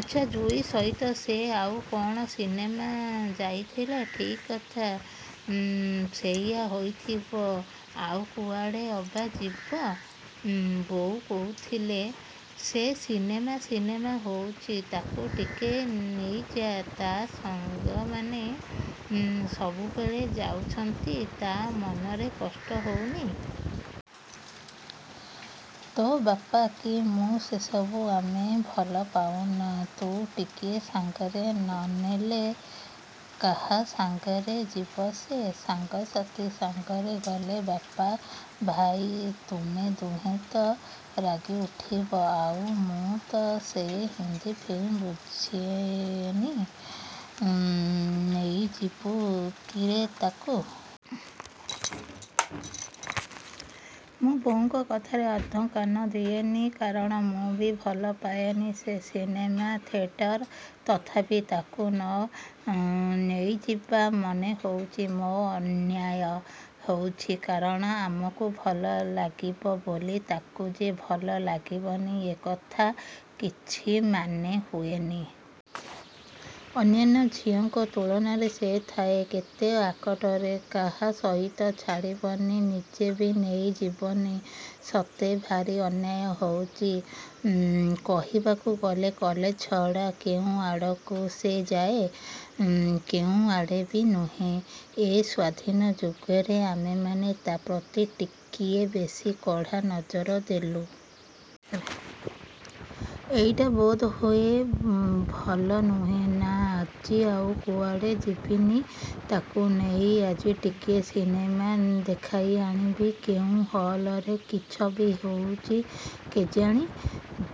ଆଚ୍ଛା, ଯୁଇ ସହିତ ସେ ଆଉ କ'ଣ ସିନେମା ଯାଇଥିଲା-? ଠିକ୍ କଥା, ସେଇଆ ହୋଇଥିବ। ଆଉ କୁଆଡ଼େ ଅବା ଯିବ। ବୋଉ କହୁଥିଲେ ସେ ସିନେମା ସିନେମା ହେଉଛି, ତାକୁ ଟିକେ ନେଇଯା। ତା' ସାଙ୍ଗମାନେ ସବୁବେଳେ ଯାଉଛନ୍ତି। ତା' ମନରେ କଷ୍ଟ ହେବନି? ତୋ ବାପା, କି ମୁଁ ସେସବୁ ଆମେ ଭଲପାଉନା। ତୁ ଟିକିଏ ସାଙ୍ଗରେ ନ ନେଲେ କାହା ସଙ୍ଗରେ ଯିବ ସେ। ସାଙ୍ଗସାଥି ସାଙ୍ଗରେ ଗଲେ ବାପ ଭାଇ ତୁମେ ଦିହେଁ ତ ରାଗିଉଠିବ-। ଆଉ ମୁଁ ତ ସେ ହିନ୍ଦି ଫିନ୍ଦି ବୁଝେନି। ନେଇଯିବୁ ତିରେ ତାକୁ। ମୁଁ ବୋଉଙ୍କ କଥାରେ ଆଦୌ କାନ ଦିଏନି। କାରଣ ମୁଁ ବି ଭଲପାଏନି ସେ ସିନେମା ଥିଏଟର। ତଥାପି ତାକୁ ନ ନେଇଯିବା ମନେହେଉଛି ମୋର ଅନ୍ୟାୟ ହୋଇଛି। କାରଣ ଆମକୁ ଭଲଲାଗିବ ବୋଲି ତାକୁ ଯେ ଭଲ ଲାଗିବନି ଏ କଥାର କିଛି ମାନେ ହୁଏନି। ଅନ୍ୟାନ୍ୟ ଝିଅଙ୍କ ତୁଳନାରେ ସେ ଥାଏ କେତେ ଆକଟରେ। କାହା ସହିତ ଛାଡ଼ିବିନି। ନିଜେ ବି ନେଇ ଯିବନି। ସତେ ଭାରି ଅନ୍ୟାୟ ହୋଇଛି। କହିବାକୁ ଗଲେ କଲେଜ ଛଡ଼ା କେଉଁ ଆଡ଼ିକି ସେ ଯାଏ? କେଉଁଆଡ଼େ ବି ନୁହେଁ। ଏଇ ସ୍ୱାଧୀନ ଯୁଗରେ ଆମେମାନେ ତା' ପ୍ରତି ଟିକିଏ ବେଶି କଡ଼ା ନଜର ଦେଲୁ। ଏତେଟା ବୋଧହୁଏ ଭଲ ନୁହେଁ। ନାଃ, ଆଜି ଆଉ କୁଆଡ଼େ ଯିବନି। ତାକୁ ନେଇ ଆଜି ଟିକିଏ ସିନେମା ଦେଖାଇ ଆଣିବି। କେଉଁ ହଲରେ କି ଛବି ହେଉଛି କେଜାଣି?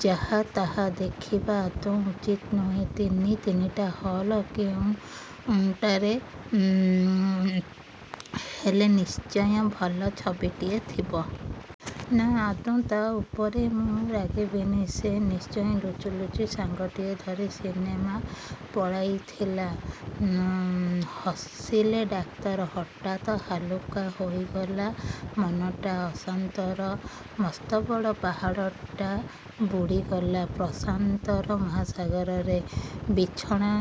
ଯାହା ତାହା ଦେଖିବା ଆଦୌ ଉଚିତ୍ ନୁହେଁ। ତିନି ତିନିଟା ହଲ୍। କେଉଁଟାରେ ହେଲେ ନିଶ୍ଚୟ ଭଲ ଛବିଟିଏ ଥିବ। ନା, ଆଦୌ ତା' ଉପରେ ମୁଁ। ରାଗିବିନି। ସେ ନିଶ୍ଚୟ ଲୁଚି ଲୁଚି ସାଙ୍ଗଟିଏ ଧରି ସିନେମା ପଳାଇଥିଲା। ହସିଲେ ଡାକ୍ତର। ହଠାତ୍ ହାଲୁକା ହୋଇଗଲା ମନଟା। ଅଶାନ୍ତିର ମସ୍ତବଡ଼ ପାହାଡ଼ଟା ବୁଡ଼ିଗଲା ପ୍ରଶାନ୍ତିର ମହାସାଗରରେ। ବିଛଣା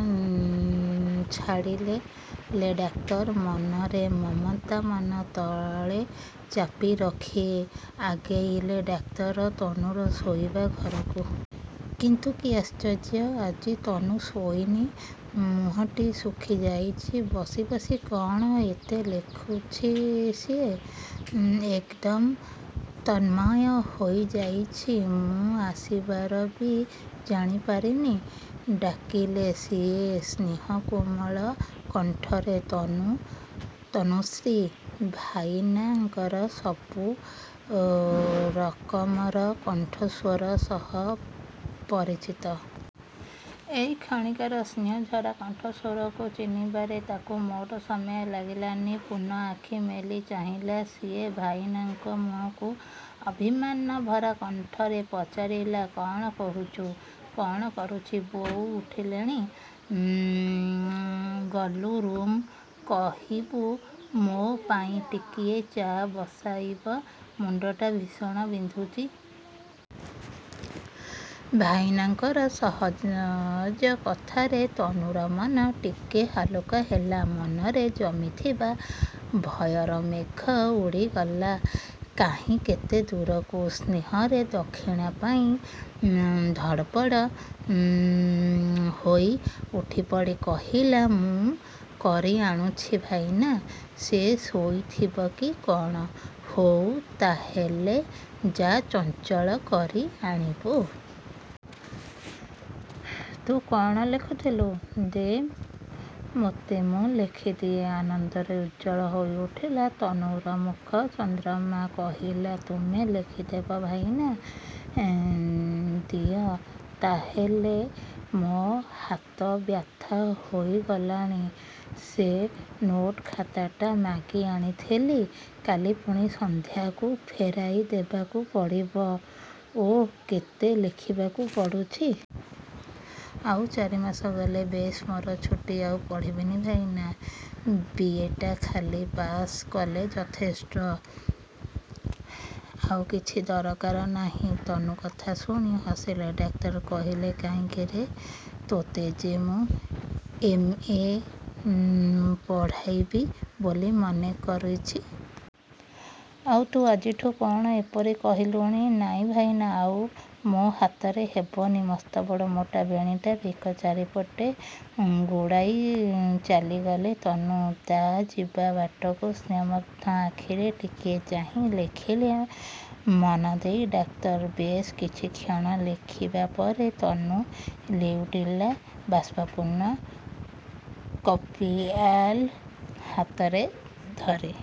ଛାଡ଼ିଲେ ଡାକ୍ତର। ମନର ମମତା ମନ ତଳେ ଚାପି ରଖି ଆଗେଇଗଲେ ଡାକ୍ତର ତନୁର ଶୋଇବା ଘରକୁ-। କିନ୍ତୁ କି ଆଶ୍ଚର୍ଯ୍ୟ, ଆଜି ତନୁ ଶୋଇନି। ମୁହଁଟି ଶୁଖିଯାଇଛି। ବସି ବସି କ'ଣ ଏତେ ଲେଖୁଛି ସିଏ? ଏକଦମ୍ ତନ୍ମୟ ହୋଇଯାଇଛି। ମୁଁ ଆସିବାର ବି ଜାଣିପାରୁନି। ଡାକିଲେ ସିଏ ସ୍ନେହକୋମଳ କଣ୍ଠରେ, ତନୁ ତନୁଶ୍ରୀ ଭାଇନାଙ୍କର ସବୁ ରକମର କଣ୍ଠସ୍ୱର ସହ ପରିଚିତ। ଏଇକ୍ଷଣିକାର ସ୍ନେହଝରା କଣ୍ଠସ୍ୱରକୁ ଚିହ୍ନିବାରେ ତାକୁ ମୋଟେ ସମୟ ଲାଗିଲାନି। ପୂର୍ଣ୍ଣ ଆଖି ମେଲି ଚାହିଁଲା ସିଏ ଭାଇନାଙ୍କ ମୁହଁକୁ। ଅଭିମାନ ଭରା କଣ୍ଠରେ ପଚାରିଲା–କ'ଣ କହୁଛ? –କ'ଣ କରୁଛୁ? ବୋଉ ଉଠିଲେଣି? ଗଲୁ ରୁମ୍କୁ କହିବୁ ମୋ ପାଇଁ ଟିକିଏ ଚା ବସାଇବ। ମୁଣ୍ଡଟା ଭୀଷଣ ବିନ୍ଧୁଛି। ଭାଇନାଙ୍କର ସହଜ କଥାରେ ତନୁର ମନ ଟିକେ ହାଲୁକା ହେଲା। ମନରେ ଜମିଥିବା ଭୟର ମେଘ ଉଡ଼ିଗଲା କାହିଁ କେତେ ଦୂରକୁ ସ୍ନେହର ଦକ୍ଷିଣା ପାଇ। ଧଡ଼ପଡ଼ ହୋଇ ଉଠିପଡ଼ି କହିଲା–ମୁଁ କରି ଆଣୁଛି ଭାଇନା, ସେ ଶୋଇଥିବ କି କ'ଣ। ହଉ, ତାହେଲେ ଯା ଚଞ୍ଚଳ କରି ଆଣିବୁ। ତୁ କ'ଣ ଲେଖୁଥିଲୁ? ଦେ ମୋତେ ମୁଁ ଲେଖିଦିଏ। ଆନନ୍ଦରେ ଉଜ୍ଜ୍ୱଳ ହୋଇଉଠିଲା ତନୁର ମୁଖ ଚନ୍ଦ୍ରମା। କହିଲା–ତୁମେ ଲେଖିଦେବ ଭାଇନା? ଦିଅ ତାହାହେଲେ। ମୋ ହାତ ବ୍ୟଥା ହୋଇଗଲାଣି। ସେ ନୋଟ ଖାତାଟା ମାଗି ଆଣିଥିଲି। କାଲି ପୁଣି ସନ୍ଧ୍ୟାକୁ ଫେରାଇଦେବାକୁ ପଡ଼ିବ। ଓଃ, କେତେ ଲେଖିବାକୁ ପଡ଼ୁଛି! ଆଉ ଚାରିମାସ ଗଲେ ବେଶ୍ ମୋର ଛୁଟି। ଆଉ ପଢ଼ିବିନି ଭାଇନା। ବି. ଏଟା ଖାଲି ପାଶ୍ କଲେ ଯଥେଷ୍ଟ। ଆଉ କିଛି ଦରକାର ନାହିଁ। ତନୁ କଥା ଶୁଣି ହସିଲେ ଡାକ୍ତର। କହିଲେ କାଇଁକିରେ। ତୋତେ ଯେ ମୁଁ ଏମ୍. ଏ ପଢ଼ାଇବି ବୋଲି ମନ କରିଛି। ଆଉ ତୁ ଆଜିଠୁ କ'ଣ ଏପରି କହିଲୁଣି? ନାଇଁ ଭାଇନା, ଆଉ ମୋ ହାତରେ ହେବନି। ମସ୍ତବଡ଼ ମୋଟା ବେଣୀଟା ବେକ ଚାରିପଟେ ଗୁଡ଼ାଇ ଚାଲିଗଲା ତନୁ। ତା' ଯିବା ବାଟକୁ ସ୍ନେହମୁଗ୍ଧ ଆଖିରେ ଟିକିଏ ଚାହିଁ ଲେଖାରେ ମନଦେଲେ ଡାକ୍ତର। ବେଶ୍ କିଛିକ୍ଷଣ ଲେଖିବାପରେ ତନୁ ଲେଉଟିଲା ବାଷ୍ପପୂର୍ଣ୍ଣ କପ୍ପିଆଲା ହାତରେ ଧରି।